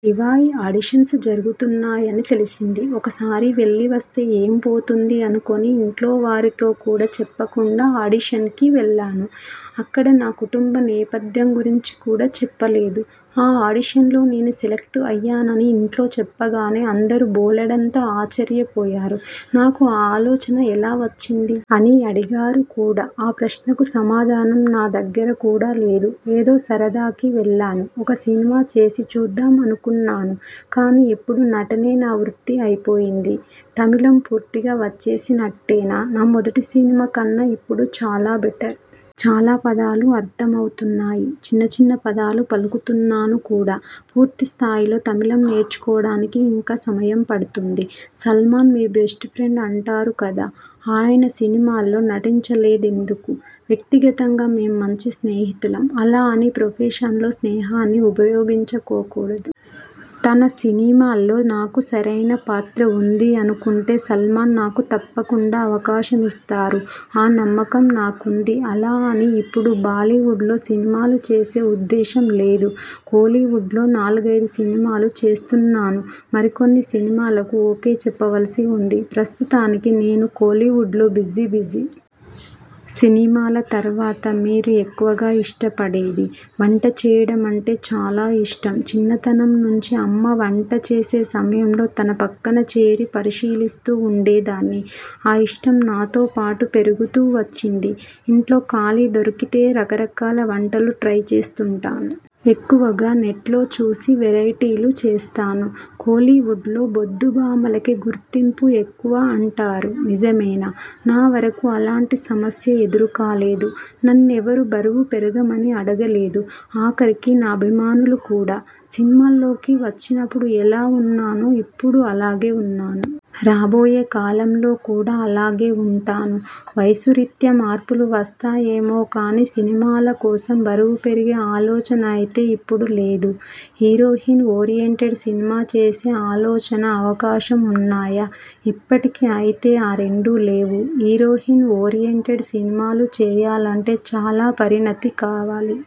'Shivay' auditions జరుగుతున్నాయని తెలిసింది. ఒకసారి వెళ్ళి వస్తే ఏం పోతుంది అనుకుని ఇంట్లోవారితో కూడా చెప్పకుండా ఆడిషన్కి వెళ్ళాను. అక్కడ నా కుటుంబ నేపథ్యం గురించి కూడా చెప్పలేదు. ఆ ఆడిషన్లో నేను సెలక్ట్ అయ్యానని ఇంట్లో చెప్పగానే అందరూ బోలెడంత ఆశ్చర్యపోయారు. నాకు ఆ ఆలోచన ఎలా వచ్చింది? అని అడిగారు కూడా! ఆ ప్రశ్నకు సమాధానం నా దగ్గర కూడా లేదు. ఏదో సరదాకి వెళ్ళాను. ఒక సినిమా చేసి చూద్దాం అనుకున్నాను. కానీ ఇప్పుడు నటనే నా వృత్తి అయిపోయింది. తమిళం పూర్తిగా వచ్చేసినట్టేనా? నా మొదటి సినిమా కన్నా ఇప్పుడు చాలా బెటర్! చాలా పదాలు అర్థం అవుతున్నాయి. చిన్న చిన్న పదాలు పలుకుతున్నాను కూడా! పూర్తి స్థాయిలో తమిళం నేర్చుకోవడానికి ఇంకా సమయం పడుతుంది. సల్మాన్ మీ బెస్ట్ఫ్రెండ్ అంటారు కదా? ఆయన సినిమాల్లో నటించలేదెందుకు? వ్యక్తిగతంగా మేం మంచి స్నేహితులం. అలా అని ప్రొఫెషన్లో స్నేహాన్ని ఉపయోగించుకోకూడదు. తన సినిమాలో నాకు సరైన పాత్ర ఉంది అనుకుంటే సల్మాన్ నాకు తప్పకుండా అవకాశం ఇస్తారు. ఆ నమ్మకం నాకుంది. అలా అని ఇప్పుడు బాలీవుడ్లో సినిమాలు చేసే ఉద్దేశం లేదు. కోలీవుడ్లో నాలుగైదు సినిమాలు చేస్తున్నాను. మరికొన్ని సినిమాలకు ఓకే చెప్పవలసి ఉంది. ప్రస్తుతానికి నేను కోలీవుడ్లో బిజీ బిజీ! సినిమాల తరువాత మీరు ఎక్కువగా ఇష్టపడేది? వంట చేయడం అంటే చాలా ఇష్టం. చిన్నతనం నుంచీ అమ్మ వంట చేసే సమయంలో తన పక్కనచేరి పరిశీలిస్తూ ఉండేదాన్ని. ఆ ఇష్టం నాతో పాటు పెరుగుతూ వచ్చింది. ఇంట్లో ఖాళీ దొరికితే రకరకాల వంటలు ట్రై చేస్తుంటాను. ఎక్కువగా నెట్లో చూసి వెరైటీలు చేస్తాను. కోలీవుడ్లో బొద్దు భామలకే గుర్తింపు ఎక్కువ అంటారు, నిజమేనా? నా వరకూ అలాంటి సమస్య ఎదురు కాలేదు. నన్నెవరూ బరువు పెరగమని అడగలేదు. ఆఖరికి నా అభిమానులు కూడా! సినిమాల్లోకి వచ్చినప్పుడు ఎలా ఉన్నానో ఇప్పుడూ అలాగే ఉన్నాను. రాబోయే కాలంలో కూడా అలాగే ఉంటాను. వయస్సు రీత్యా మార్పులు వస్తాయేమో కానీ, సినిమాల కోసం బరువు పెరిగే ఆలోచన అయితే ఇప్పుడు లేదు. హీరోయిన్ ఓరియెంటెడ్ సినిమా చేసే ఆలోచన, అవకాశం ఉన్నాయా? ఇప్పటికి అయితే ఆ రెండూ లేవు. హీరోయిన్ ఓరియెంటెడ్ సినిమాలు చేయాలంటే చాలా పరిణతి కావాలి.